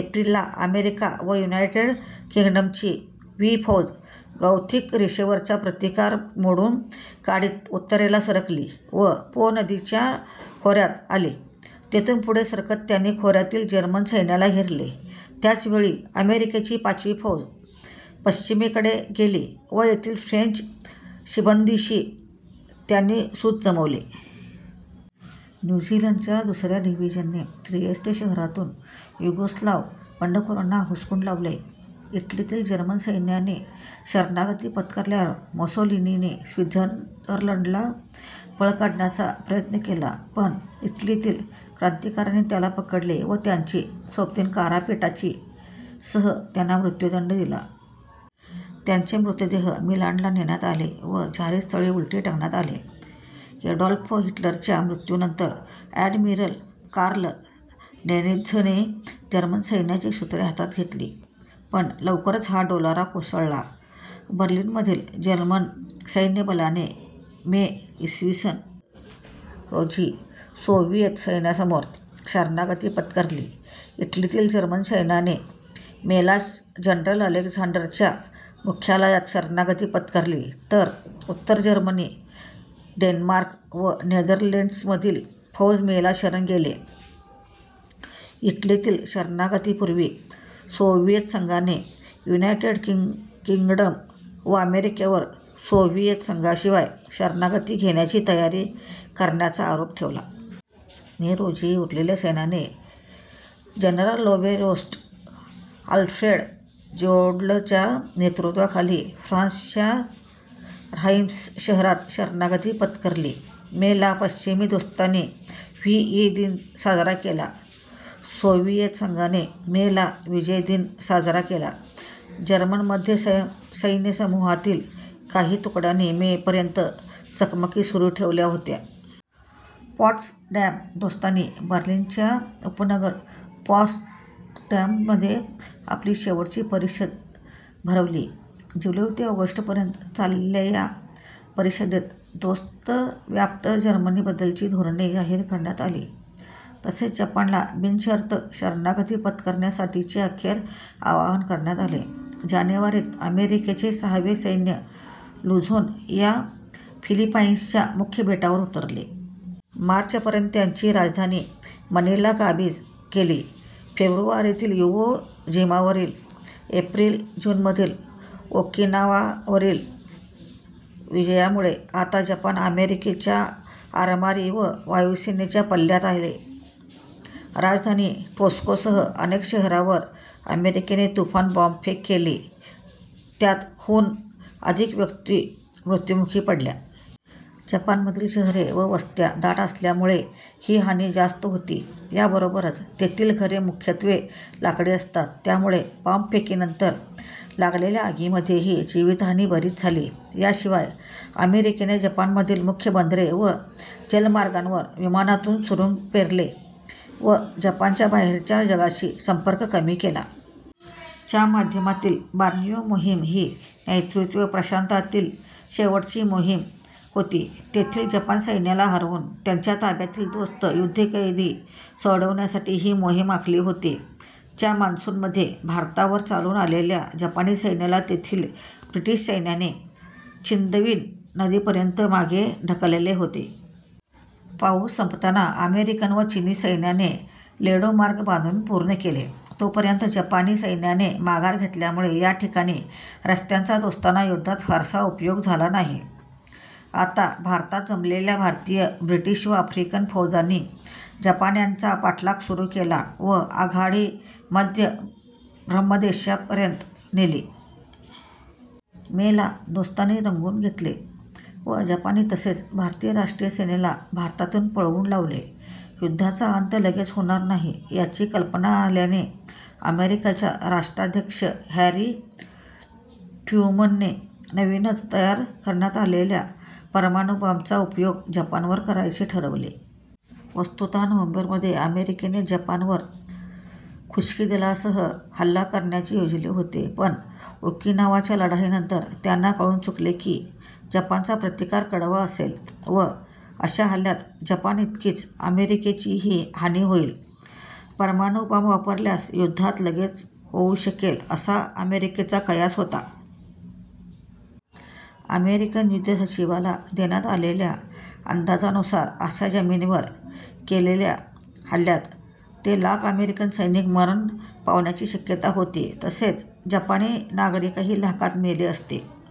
April ला America व United किंग्डमची वी फौज गॉथिक रेषेवरचा प्रतिकार मोडून काढीत उत्तरेला सरकली व पो नदीच्या खोऱ्यात आली. येथून पुढे सरकत त्यांनी खोऱ्यातील जर्मन सैन्याला घेरले. याच वेळी अमेरिकेची पाचवी फौज पश्चिमेकडे गेली व तेथील फ्रेंच शिबंदीशी त्यांनी सूत जमवले. न्यू झीलंडच्या दुसऱ्या डिव्हीजनने त्रियेस्ते शहरातून युगोस्लाव्ह बंडखोरांना हुसकून लावले. इटलीतील जर्मन सैन्याने शरणागती पत्करल्यावर मुसोलिनीने स्वित्झर्लंडला पळ काढण्याचा प्रयत्न केला पण इटलीतील क्रांतीकाऱ्यांनी त्याला पकडले व त्याची सोबतीण क्लारा पेटाची सह त्यांना मृत्युदंड दिला. त्यांचे मृतदेह मिलानला नेण्यात आले व जाहीर स्थळी उलटे टांगण्यात आले. ॲडॉल्फ हिटलरच्या मृत्यूनंतर ॲडमिरल कार्ल डोनित्झने जर्मन सैन्याचे सूत्रे हातात घेतली पण लवकरच हा डोलारा कोसळला. बर्लिनमधील जर्मन सैन्यबलाने मे, इ. स. रोजी सोव्हिएत सैन्यासमोर शरणागती पत्करली. इटलीतील जर्मन सैन्याने मेलाच जनरल अलेक्झांडरच्या मुख्यालयात शरणागती पत्करली तर उत्तर जर्मनी, डेन्मार्क व नेदरलँड्समधील फौज मेला शरण गेले. इटलीतील शरणागतीपूर्वी सोव्हिएत संघाने युनायटेड किंग्डम व अमेरिकेवर सोव्हिएत संघाशिवाय शरणागती घेण्याची तयारी करण्याचा आरोप ठेवला. मे रोजी उरलेल्या सैन्याने जनरलोबेरोस्ट आल्फ्रेड जोड्लच्या नेतृत्वाखाली फ्रान्सच्या ऱ्हाइम्स शहरात शरणागती पत्करली. मे ला पश्चिमी दोस्तांनी व्ही. ई. दिन साजरा केला. सोव्हिएत संघाने मे ला विजय दिन साजरा केला. जर्मन मध्य सैन्यसमूहातील काही तुकड्यांनी मे - पर्यंत चकमकी सुरू ठेवल्या होत्या. पॉट्सडॅम दोस्तांनी बर्लिनच्या उपनगर पॉट्सडॅममध्ये आपली शेवटची परिषद भरवली. जुलै ते ऑगस्ट पर्यंत चाललेल्या या परिषदेत दोस्तव्याप्त जर्मनीबद्दलची धोरणे जाहीर करण्यात आली तसेच जपानला बिनशर्त शरणागती पत्करण्यासाठीचे अखेरचे आवाहन करण्यात आले. जानेवारीत अमेरिकेचे सहावे सैन्य लुझोन या फिलिपाईन्सच्या मुख्य बेटावर उतरले. मार्चपर्यंत त्यांनी राजधानी मनिला काबीज केली. फेब्रुवारीतील इवो जिमावरील व एप्रिल-जूनमधील ओकिनावावरील विजयांमुळे आता जपान अमेरिकेच्या आरमारी व वायुसेनेच्या पल्ल्यात आले. राजधानी टोक्योसह अनेक शहरांवर अमेरिकेने तुफान बॉम्बफेक केली. यात, हून अधिक व्यक्ती मृत्युमुखी पडल्या. जपानमधील शहरे व वस्त्या दाट असल्यामुळे ही हानी जास्त होती. या बरोबरच तेथील घरे मुख्यत्वे लाकडी असतात त्यामुळे बॉम्बफेकीनंतर लागलेल्या आगींमध्येही जीवितहानी बरीच झाली. या शिवाय अमेरिकेने जपानमधील मुख्य बंदरे व जलमार्गांवर विमानांतून सुरूंग पेरले व जपानचा बाहेरच्या जगाशी संपर्क कमी केला. च्या मध्यातील बॉर्नियो मोहीम ही नैर्ऋत्य प्रशांतातील शेवटची मोहीम होती. तेथील जपानी सैन्याला हरवून त्यांच्या ताब्यातील दोस्त युद्धकैदी सोडविण्यासाठी ही मोहीम आखली होती. च्या मॉन्सून मध्ये भारतावर चालून आलेल्या जपानी सैन्याला तेथील ब्रिटिश सैन्याने चिंदविन नदीपर्यंत मागे ढकलले होते. पाऊस संपताना अमेरिकन व चिनी सैन्याने लेडो मार्ग बांधून पूर्ण केला. तोपर्यंत जपानी सैन्याने माघार घेतल्यामुळे या कठीण रस्त्याचा दोस्तांना युद्धात फारसा उपयोग झाला नाही. आता भारतात जमलेल्या भारतीय, ब्रिटिश व आफ्रिकन फौजांनी जपान्यांचा पाठलाग सुरू केला व आघाडी मध्य ब्रह्मदेशपर्यंत नेली. मे ला दोस्तांनी रंगून घेतले व जपानी तसेच भारतीय राष्ट्रीय सेनेला भारतातून पळवून लावले. युद्धाचा अंत लगेच होणार नाही याची कल्पना आल्याने अमेरिकेच्या राष्ट्राध्यक्ष हॅरी ट्रुमनने नवीनच तयार करण्यात आलेल्या परमाणु बॉम्बचा उपयोग जपानवर करायचे ठरवले. वस्तुतः नोव्हेंबरमध्ये अमेरिकेने जपानवर खुश्कीदलासह हल्ला करण्याचे योजिले होते पण ओकिनावाच्या लढाईनंतर त्यांना कळून चुकले की जपानचा प्रतिकार कडवा असेल व अशा हल्ल्यात जपानइतकीच अमेरिकेचीही हानी होईल. परमाणुबॉम्ब वापरल्यास युद्धांत लगेच होऊ शकेल असा अमेरिकेचा कयास होता. अमेरिकन युद्धसचिवाला देण्यात आलेल्या अंदाजानुसार अशा जमिनीवर केलेलल्या हल्ल्यात ते लाख अमेरिकन सैनिक मरण पावण्याची शक्यता होती. तसेच जपानी नागरिकही लाखांत मेले असते.